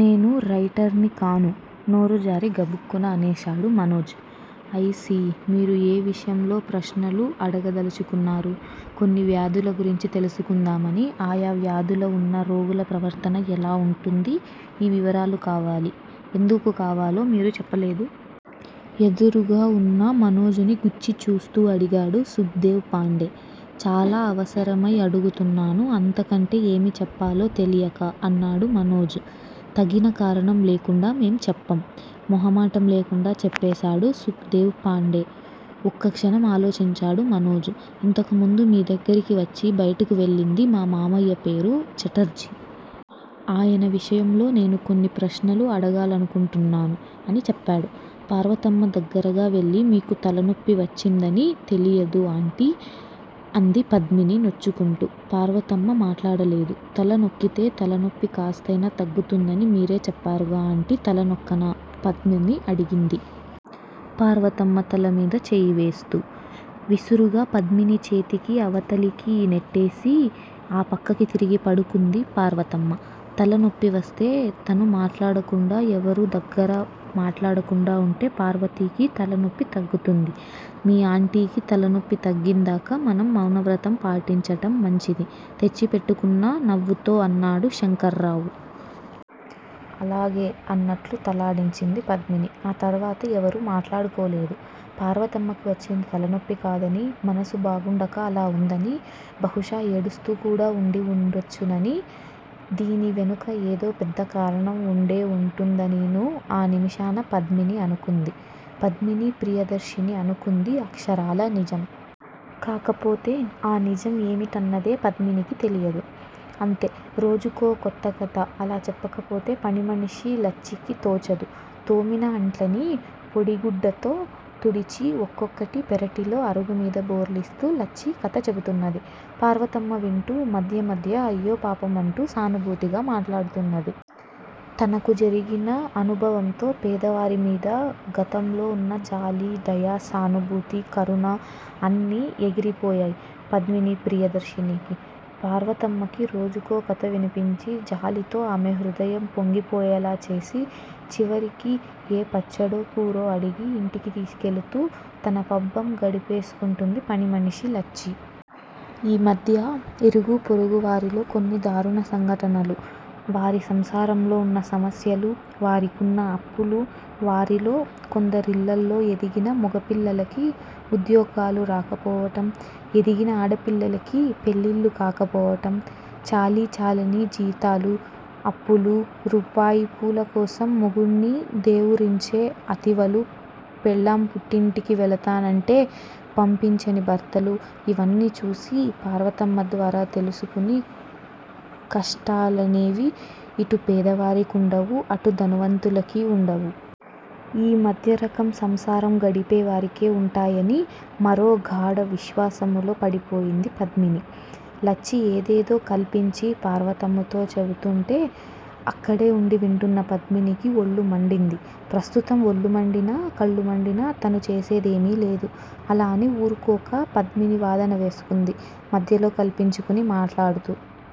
నేను రైటర్ ని కాను నోరు జారి గబుక్కున అనేశాడు మనోజ్. ఐ. సీ! మీరు ఏ విషయంలో ప్రశ్నలు అడగదలచుకున్నారు? కొన్ని వ్యాధుల గురించి తెలుసుకుందామని ఆయా వ్యాధులు వున్న రోగుల ప్రవర్తన ఎలా వుంటుంది? ఈ వివరాలు కావాలి! ఎందుకు కావాలో మీరు చెప్పలేదు? ఎదురుగా వున్న మనోజుని గుచ్చి చూస్తూ అడిగాడు సుఖదేవ్ పాండే. చాలా అవసరమై అడుగుతున్నాను అంతకంటే ఏమి చెప్పాలో తెలియక అన్నాడు మనోజు. తగిన కారణం లేకుండా మేం చెప్పం. మొహమాటం లేకుండా చెప్పేశాడు సుఖదేవ్ పాండే. ఒక్కక్షణం ఆలోచించాడు మనోజు. ఇంతకుముందు మీ దగ్గరికి వచ్చి బయటకు వెళ్ళింది మా మావయ్య పేరు ఛటర్జీ. ఆయన విషయంలో నేను కొన్ని ప్రశ్నలు అడగాలనుకుంటున్నాను అని చెప్పాడు. పార్వతమ్మ దగ్గరగా వెళ్ళి మీకు తలనొప్పి వచ్చిందని తెలియదు ఆంటీ! అంది పద్మిని నొచ్చుకుంటూ. పార్వతమ్మ మాట్లాడలేదు. తల నొక్కితే తలనొప్పి కాస్తయినా తగ్గుతుందని మీరే చెప్పారుగా ఆంటీ! తల నొక్కనా! పద్మిని అడిగింది. పార్వతమ్మ తలమీద చేయివేస్తూ. విసురుగా పద్మిని చేతికి అవతలకి నెట్టేసి ఆ పక్కకి తిరిగి పడుకుంది పార్వతమ్మ. తల నొప్పివస్తే తను మాట్లాడకుండా యెవరూ దగ్గర మాట్లాడకుండా వుంటే పార్వతికి తలనొప్పి తగ్గుతుంది. మీ ఆంటీకి తలనొప్పి తగ్గిందాకా మనం మౌనవ్రతం పాటించటం మంచిది తెచ్చి పెట్టుకున్న నవ్వుతో అన్నాడు శంకర్రావు. అలాగే అన్నట్లు తలాడించింది పద్మిని. ఆ తర్వాత ఎవరూ మాట్లాడుకోలేదు. పార్వతమ్మకి వచ్చింది తలనొప్పి కాదని మనసు బాగుండక అలా ఉందని బహుశా ఏడుస్తూ కూడా ఉండి ఉండొచ్చుననీ దీని వెనుక యేదో పెద్ద కారణం ఉండే ఉంటుందనీను ఆ నిమిషాన పద్మిని అనుకుంది. పద్మిని ప్రియదర్శిని అనుకుంది అక్షరాల నిజం. కాకపోతే ఆ నిజం యేమిటన్నదే పద్మినికి తెలియదు. అంతే! రోజుకో కొత్త కథ. అలా చెప్పకపోతే పనిమనిషి లచ్చికి తోచదు. తోమిన అంట్లని పొడిగుడ్డతో తుడిచి ఒక్కొక్కటి పెరటిలో అరుగుమీద బోర్లిస్తూ లచ్చి కథ చెబుతున్నది. పార్వతమ్మ వింటూ మధ్య మధ్య అయ్యో పాపం! అంటూ సానుభూతిగా మాటాడుతున్నది. తనకు జరిగిన అనుభవంతో పేదవారిమీద గతంలో ఉన్న జాలి, దయ, సానుభూతి, కరుణ అన్నీ ఎగిరిపోయాయ్ పద్మిని ప్రియదర్శినికి. పార్వతమ్మకి రోజుకో కథ వినిపించి జాలితో ఆమె హృదయం పొంగిపోయేలా చేసి చివరికి యే పచ్చడో, కూరో అడిగి ఇంటికి తీసుకెళుతూ తన పబ్బం గడిపేసుకుంటుంది పనిమనిషి లచ్చి. ఈ మధ్య ఇరుగు పొరుగు వారిలో కొన్ని దారుణ సంఘటనలు, వారి సంసారంలో వున్న సమస్యలు, వారికున్న అప్పులు, వారిలో కొందరిళ్ళలో ఎదిగిన మొగపిల్లలకి ఉద్యోగాలు రాకపోవటం. ఎదిగిన ఆడపిల్లలకి పెళ్ళిళ్ళు కాకపోవటం, చాలీచాలని జీతాలు అప్పులు రూపాయి పూలకోసం మొగుడ్ని దేవురించే అతివలు పెళ్ళాం పుట్టింటికి వెళతానంటే పంపించని భర్తలు ఇవన్నీ చూసి పార్వతమ్మ ద్వారా తెలుసుకొని కష్టాలనేవి ఇటు పేదవారికి ఉండవు అటు ధనవంతులకీ ఉండవు. ఈ మధ్యరకం సంసారం గడిపేవారికే ఉంటాయని మరో గాఢ విశ్వాసములో పడిపోయింది పద్మిని. లచ్చి యేదేదో కల్పించి పార్వతమ్మతో చెబుతూంటే అక్కడే ఉండి వింటున్న పద్మినికి ఒళ్ళు మండింది. ప్రస్తుతం ఒళ్ళు మండినా, కళ్ళు మండినా తను చేసేదేమీలేదు. అలా అని ఊరుకోక పద్మిని వాదన వేసుకుంది మధ్యలో కల్పించుకొని మాట్లాడుతూ.